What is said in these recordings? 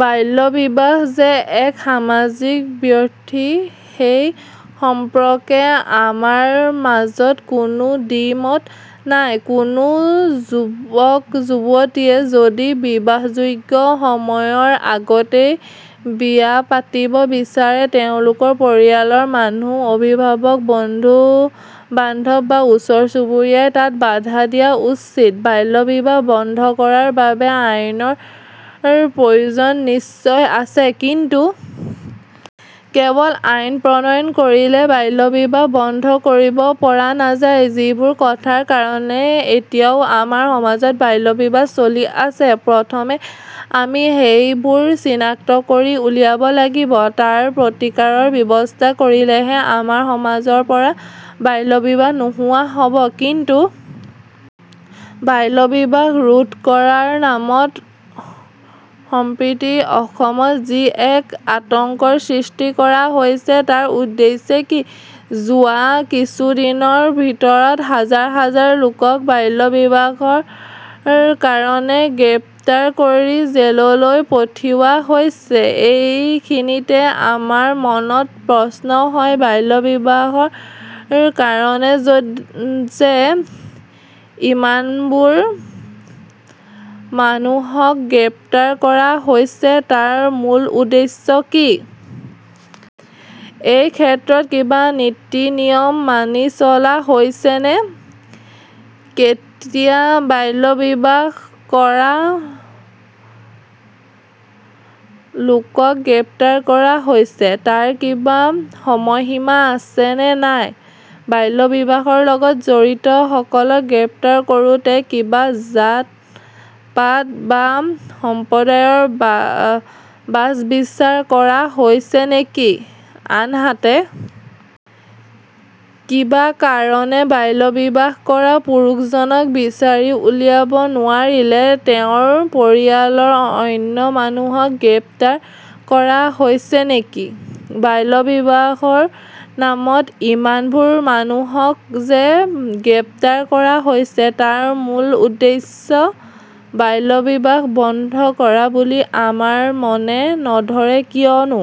বাল্য বিবাহ যে এক সামাজিক ব্যাধি সেই সম্পৰ্কে আমাৰ মাজত কোনো দ্বি-মত নাই। কোনো যুৱক-যুৱতীয়ে যদি বিবাহযোগ্য সময়ৰ আগতে বিয়া পাতিব বিচাৰে তেওঁলোকৰ পৰিয়ালৰ মানুহ অভিভাৱক বন্ধু-বান্ধৱ বা ওচৰ-চুবুৰীয়াই তাত বাধা দিয়া উচিত। বাল্য বিবাহ বন্ধ কৰাৰ বাবে আইনৰ প্ৰয়োজন নিশ্চয় আছে। কিন্তু কেৱল আইন প্ৰণয়ন কৰিয়ে বাল্য বিবাহ বন্ধ কৰিব পৰা নাযায়। যিবোৰ কথাৰ কাৰণে এতিয়াও আমাৰ সমাজত বাল্য বিবাহ চলি আছে প্ৰথমে আমি সেইবোৰ চিনাক্ত কৰি উলিয়াব লাগিব। তাৰ প্ৰতিকাৰৰ ব্যৱস্থা কৰিলেহে আমাৰ মাজৰ পৰা বাল্য বিবাহ নোহোৱা হ'ব। কিন্তু বাল্য বিবাহ ৰোধ কৰাৰ নামত সম্প্ৰতি অসমত যি এক আতংকৰ সৃষ্টি কৰা হৈছে তাৰ উদ্দেশ্য কি ?যোৱা কিছুদিনৰ ভিতৰত হাজাৰ হাজাৰ লোকক বাল্য বিবাহৰ কাৰণে গ্ৰেপ্তাৰ কৰি জেললৈ পঠিওৱা হৈছে। এইখিনিতে আমাৰ মনত প্ৰশ্ন হয় বাল্য বিবাহৰ কাৰণে যে ইমানবোৰ মানুহক গ্ৰেপ্তাৰ কৰা হৈছে তাৰ মূল উদ্দেশ্য কি? এই ক্ষেত্ৰত কিবা নীতি-নিয়ম মানি চলা হৈছেনে ?কেতিয়া বাল্য বিবাহ কৰা লোকক গ্ৰেপ্তাৰ কৰা হৈছে তাৰ কিবা সময়সীমা আছে নে নাই ?বাল্য বিবাহৰ লগত জড়িত সকলক গ্ৰেপ্তাৰ কৰোঁতে কিবা জাত-পাত বা সম্প্ৰদায়ৰ বাচ-বিচাৰ কৰা হৈছে নেকি ?আনহাতে কিবা কাৰণে বাল্য বিবাহ কৰা পুৰুষজনক বিচাৰি উলিয়াব নোৱাৰিলে তেওঁৰ পৰিয়ালৰ অন্য মানুহক গ্ৰেপ্তাৰ কৰা হৈছে নেকি? বাল্য বিবাহৰ নামত ইমানবোৰ মানুহক যে গ্ৰেপ্তাৰ কৰা হৈছে তাৰ মূল উদ্দেশ্য বাল্য বিবাহ বন্ধ কৰা বুলি আমাৰ মনে নধৰে। কিয়নো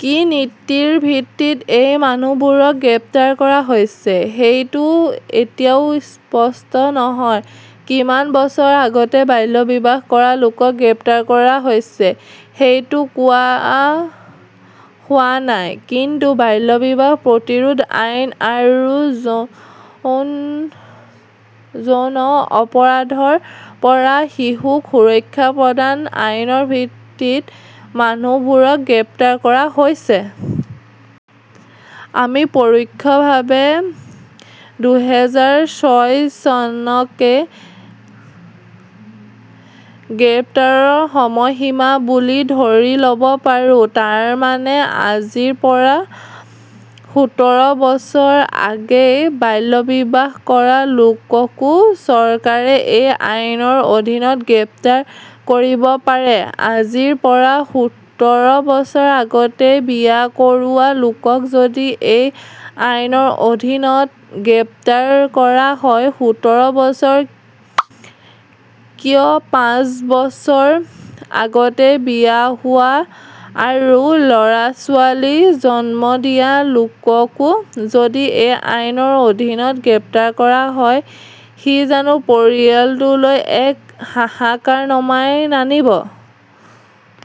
কি নীতিৰ ভিত্তিত এই মানুহবোৰক গ্ৰেপ্তাৰ কৰা হৈছে সেইটো এতিয়াও স্পষ্ট নহয়। কিমান বছৰ আগতে বাল্য বিবাহ কৰা লোকক গ্ৰেপ্তাৰ কৰা হৈছে সেইটো কোৱা হোৱা নাই। কিন্তু বাল্য বিবাহ প্ৰতিৰোধ আইন আৰু যৌন অপৰাধৰ পৰা শিশুক সুৰক্ষা প্ৰদান আইনৰ ভিত্তিত মানুহবোৰক গ্ৰেপ্তাৰ কৰা হৈছে। আমি পৰোক্ষভাবে দুহেজাৰ ছয় চনকে গ্ৰেপ্তাৰৰ সময় সীমা বুলি ধৰি ল'ব পাৰোঁ। তাৰমানে আজিৰ পৰা সোতৰ বছৰ আগেয়ে বাল্য বিবাহ কৰা লোককো চৰকাৰে এই আইনৰ অধীনত গ্ৰেপ্তাৰ কৰিব পাৰে ।আজিৰ পৰা সুতৰ বছৰ আগতে বিয়া কৰোৱা লোকক যদি এই আইনৰ অধীনত গ্ৰেপ্তাৰ কৰা হয় সোতৰ বছৰ কিয় পাঁচ বছৰ আগতে বিয়া হোৱা আৰু ল'ৰা-ছোৱালী জন্ম দিয়া লোককো যদি এই আইনৰ অধীনত গ্ৰেপ্তাৰ কৰা হয় সি জানো পৰিয়ালটোলৈ এক হাহাকাৰ নমাই নানিব ।